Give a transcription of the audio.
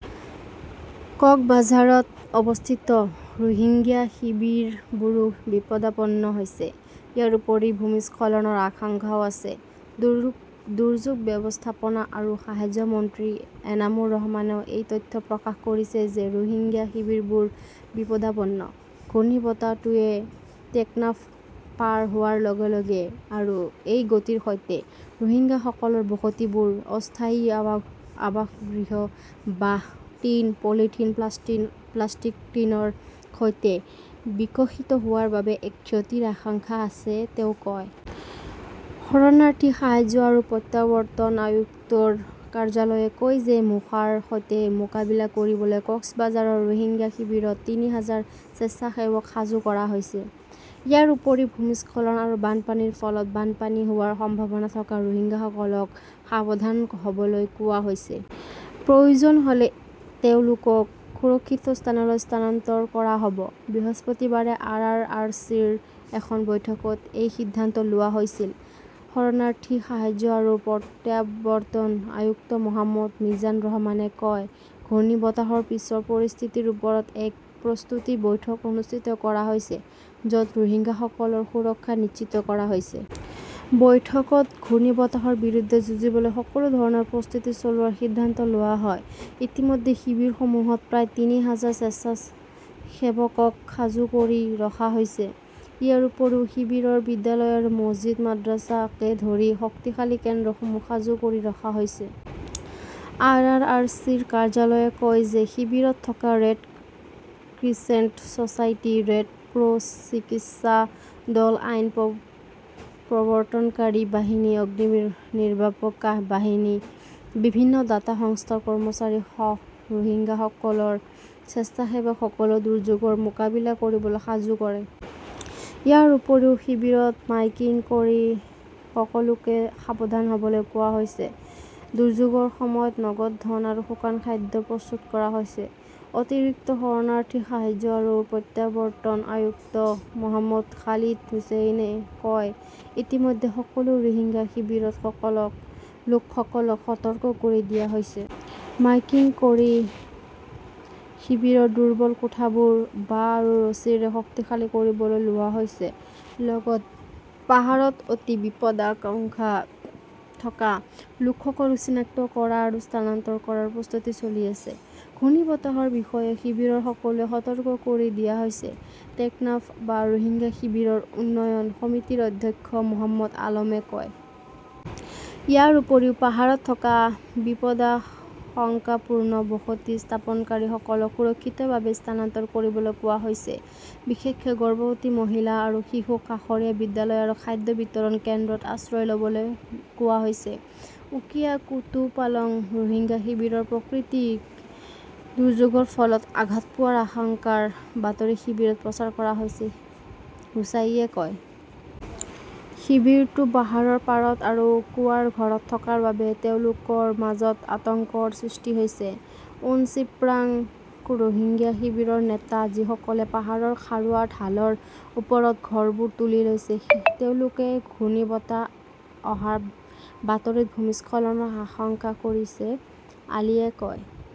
কক্সবাঝাৰত অৱস্থিত ৰোহিংগ্যা শিবিৰবোৰো বিপদাপন্ন হৈছে। ইয়াৰ উপৰিও ভূমিস্খলনৰ আশংকাও আছে। দুৰ্যোগ ব্যৱস্থাপনা আৰু সাহায্য মন্ত্ৰী এনামুৰ ৰহমানেও এই তথ্য প্ৰকাশ কৰিছে যে ৰোহিংগ্যা শিবিৰবোৰ বিপদাপন্ন। "ঘূৰ্ণীবতাহটোৱে টেকনাফ পাৰ হোৱাৰ লগে লগে আৰু এই গতিৰ সৈতে, ৰোহিংগাসকলৰ বসতিবোৰ অস্থায়ী আৱাসগৃহ, বাঁহ, টিন, পলিথিন, প্লাষ্টিক টিনৰ সৈতে বিকশিত হোৱাৰ বাবে-এক ক্ষতিৰ আশংকা আছে", তেওঁ কয়। শৰণাৰ্থী সাহায্য আৰু প্ৰত্যাৱৰ্তন আয়ুক্তৰ কাৰ্যালয়ে কয় যে মোখাৰ সৈতে মোকাবিলা কৰিবলৈ কক্সবাজাৰৰ ৰোহিংগ্যা শিবিৰত তিনি হাজাৰ স্বেচ্ছাসেৱক সাজু কৰা হৈছে। ইয়াৰ উপৰিও, ভূমিস্খলন আৰু বানপানীৰ ফলত বানপানী হোৱাৰ সম্ভাৱনা থকা ৰোহিংগাসকলক সাৱধান হ'বলৈ কোৱা হৈছে। প্ৰয়োজন হ'লে তেওঁলোকক সুৰক্ষিত স্থানলৈ স্থানান্তৰ কৰা হ'ব। বৃহস্পতিবাৰে আৰ. আৰ. আৰ. চি. ৰ এখন বৈঠকত এই সিদ্ধান্ত লোৱা হৈছিল। শৰণাৰ্থী সাহায্য আৰু প্ৰত্যাৱৰ্তন আয়ুক্ত মহম্মদ মিজান ৰহমানে কয়, ঘূৰ্ণীবতাহৰ পিছৰ পৰিস্থিতিৰ ওপৰত এক প্ৰস্তুতি বৈঠক অনুষ্ঠিত কৰা হৈছে, য'ত ৰোহিংগাসকলৰ সুৰক্ষা নিশ্চিত কৰা হৈছে। বৈঠকত ঘূৰ্ণীবতাহৰ বিৰুদ্ধে যুঁজিবলৈ সকলো ধৰণৰ প্ৰস্তুতি চলোৱাৰ সিদ্ধান্ত লোৱা হয়। ইতিমধ্যে শিবিৰসমূহত প্ৰায় তিনি হাজাৰ স্বেচ্ছাসেৱকক সাজু কৰি ৰখা হৈছে। ইয়াৰ উপৰিও শিবিৰৰ বিদ্যালয় আৰু মছজিদ মাদ্ৰাছাকে ধৰি শক্তিশালী কেন্দ্ৰসমূহ সাজু কৰি ৰখা হৈছে। আৰ. আৰ. আৰ. চি. ৰ কাৰ্যালয়ে কয় যে শিবিৰত থকা Red Crescent Society, Red Cross, চিকিৎসা দল, আইন প্ৰৱৰ্তনকাৰী বাহিনী, অগ্নিনিৰ্বাপক বাহিনী, বিভিন্ন দাতা সংস্থাৰ কৰ্মচাৰীসহ ৰোহিংগাসকলৰ স্বেচ্ছাসেৱকসকলেও দুৰ্যোগৰ মোকাবিলা কৰিবলৈ সাজু কৰে। ইয়াৰ উপৰিও শিবিৰত মাইকিং কৰি সকলোকে সাৱধান হ'বলৈ কোৱা হৈছে। দুৰ্যোগৰ সময়ত নগদ ধন আৰু শুকান খাদ্য প্ৰস্তুত কৰা হৈছে। অতিৰিক্ত শৰণাৰ্থী সাহায্য আৰু প্ৰত্যাৱৰ্তন আয়ুক্ত মহম্মদ খালিদ হুচেইনে কয়, ইতিমধ্যে সকলো ৰোহিংগ্যা শিবিৰত লোকসকলক সতৰ্ক কৰি দিয়া হৈছে। মাইকিং কৰি শিবিৰৰ দুৰ্বল কোঠাবোৰ বাঁহ আৰু ৰছীৰে শক্তিশালী কৰিবলৈ কোৱা হৈছে। লগতে পাহাৰত অতি বিপদাশংকা থকা লোকসকলক চিনাক্ত কৰা আৰু স্থানান্তৰ কৰাৰ প্ৰস্তুতি চলি আছে। ঘূৰ্ণীবতাহৰ বিষয়ে শিবিৰৰ সকলোকে সতৰ্ক কৰি দিয়া হৈছে, টেকনাফ বা ৰোহিংগ্যা শিবিৰৰ উন্নয়ন সমিতিৰ অধ্যক্ষ মহম্মদ আলমে কয়। ইয়াৰ উপৰিও পাহাৰত থকা বিপদাশংকাপূৰ্ণ বসতি স্থাপনকাৰীসকলক সুৰক্ষিতভাৱে স্থানান্তৰ কৰিবলৈ কোৱা হৈছে। বিশেষকৈ গৰ্ভৱতী মহিলা আৰু শিশুক কাষৰীয়া বিদ্যালয় আৰু খাদ্য বিতৰণ কেন্দ্ৰত আশ্ৰয় ল'বলৈ কোৱা হৈছে। উকিয়া কুতুপালং ৰোহিংগ্যা শিবিৰৰ প্ৰকৃতিক দুৰ্যোগৰ ফলত আঘাত পোৱাৰ আশংকাৰ বাতৰি শিবিৰত প্ৰচাৰ কৰা হৈছে, হোচাইয়ে কয়। শিবিৰটো পাহাৰৰ পাৰত আৰু কুঁৱাৰ ঘৰত থকাৰ বাবে তেওঁলোকৰ মাজত আতংকৰ সৃষ্টি হৈছে। উনচিপ্ৰাং ৰোহিংগ্যা শিবিৰৰ নেতা যিসকলে পাহাৰৰ খাৰুৱা ঢালৰ ওপৰত ঘৰবোৰ তুলি লৈছে তেওঁলোকে ঘূৰ্ণীবতাহ অহাৰ বাতৰিত ভূমিস্খলনৰ আশংকা কৰিছে, আলীয়ে কয়।